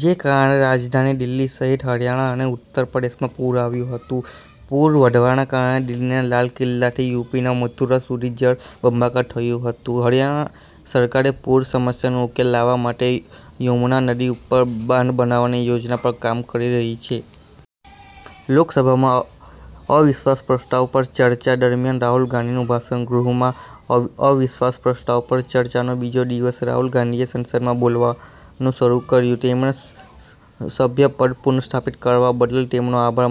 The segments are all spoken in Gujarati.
જેના કારણે રાજધાની દિલ્હી સહિત હરિયાણા અને ઉત્તર પ્રદેશમાં પુર આવ્યું હતું. પૂર વધવાના કારણે દિલ્હીના લાલ કિલ્લાથી યુપીના મથુરા સુધી જળબંબાકાર થયું હતું. હરિયાણા સરકારે પૂર સમસ્યાનો ઉકેલ લાવવા માટે યમુના નદી ઉપર બાંધ બનાવવાની યોજના પર કામ કરી રહી છે. લોકસભામાં અવિશ્વાસ પ્રસ્તાવ પર ચર્ચા દરમિયાન રાહુલ ગાંધીનું ભાષણ. ગૃહમાં અવિશ્વાસ પ્રસ્તાવ પર ચર્ચાના બીજા દિવસે રાહુલ ગાંધીએ સંસદમાં બોલવાનું શરૂ કર્યું. તેમણે સભ્યપદ પુનઃસ્થાપિત કરવા બદલ તેમનો આભાર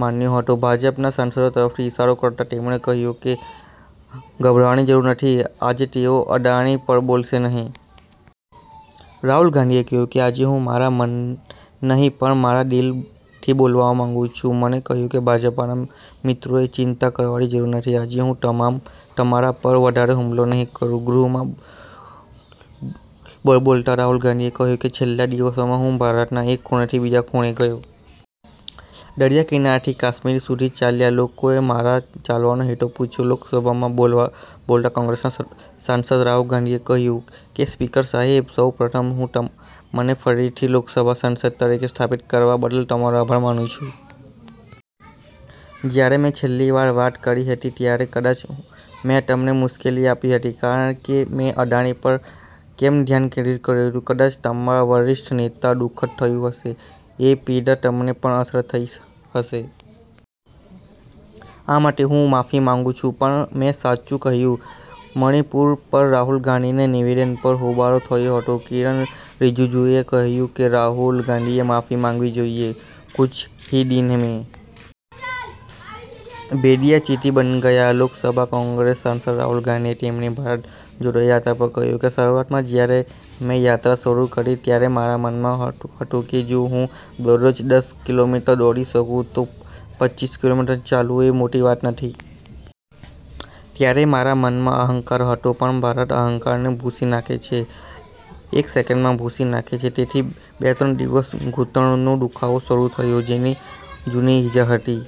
માન્યો હતો. ભાજપના સાંસદો તરફ ઈશારો કરતા તેમણે કહ્યું કે ગભરાવાની જરૂર નથી, આજે તેઓ અદાણી પર બોલશે નહીં. રાહુલ ગાંધીએ કહ્યું કે આજે હું મારા મનથી નહીં પણ મારા દિલથી બોલવા માંગુ છું. તેમણે કહ્યું કે ભાજપના મિત્રોએ ચિંતા કરવાની જરૂર નથી, આજે હું તમારા પર વધારે હુમલો નહીં કરું. ગૃહમાં બોલતા રાહુલ ગાંધીએ કહ્યું કે છેલ્લા દિવસોમાં હું ભારતના એક ખૂણેથી બીજા ખૂણે ગયો. દરિયાકિનારેથી કાશ્મીર સુધી ચાલ્યા. લોકોએ મારા ચાલવાનો હેતુ પૂછ્યો. લોકસભામાં બોલતા કોંગ્રેસના સાંસદ રાહુલ ગાંધીએ કહ્યું કે સ્પીકર સાહેબ, સૌ પ્રથમ તો હું મને ફરીથી લોકસભાના સાંસદ તરીકે સ્થાપિત કરવા બદલ તમારો આભાર માનું છું. જ્યારે મેં છેલ્લી વાર વાત કરી હતી ત્યારે કદાચ મેં તમને મુશ્કેલી આપી હતી કારણ કે મેં અદાણી પર કેમ ધ્યાન કેન્દ્રિત કર્યું કદાચ તમારા વરિષ્ઠ નેતાને દુઃખ થયું હશે. એ પીડા તમને પણ અસર થઈ હશે. આ માટે હું માફી માંગુ છું પણ મેં સાચું કહ્યું. મણિપુર પર રાહુલ ગાંધીના નિવેદન પર હોબાળો થયો હતો, કિરણ રિજિજુએ કહ્યું કે, રાહુલ ગાંધીએ માફી માંગવી જોઈએ. "કુછ હી દીન મે ભેડિયા ચીટી બન ગયા": લોકસભામાં કોંગ્રેસ સાંસદ રાહુલ ગાંધીએ તેમની ભારત જોડો યાત્રા પર કહ્યું કે, શરૂઆતમાં જ્યારે મેં યાત્રા શરૂ કરી ત્યારે મારા મનમાં હતું કે, જો હું દરરોજ દસ કિલોમીટર દોડી શકું તો પચ્ચીસ કિલોમીટર ચાલવું એ મોટી વાત નથી. ત્યારે મારા મનમાં અહંકાર હતો, પણ ભારત અહંકારને ભૂંસી નાખે છે, એક સેકન્ડમાં ભૂંસી નાખે છે. તેથી બે-ત્રણ દિવસમાં ઘૂંટણનો દુખાવો શરૂ થયો, જેની જૂની ઈજા હતી.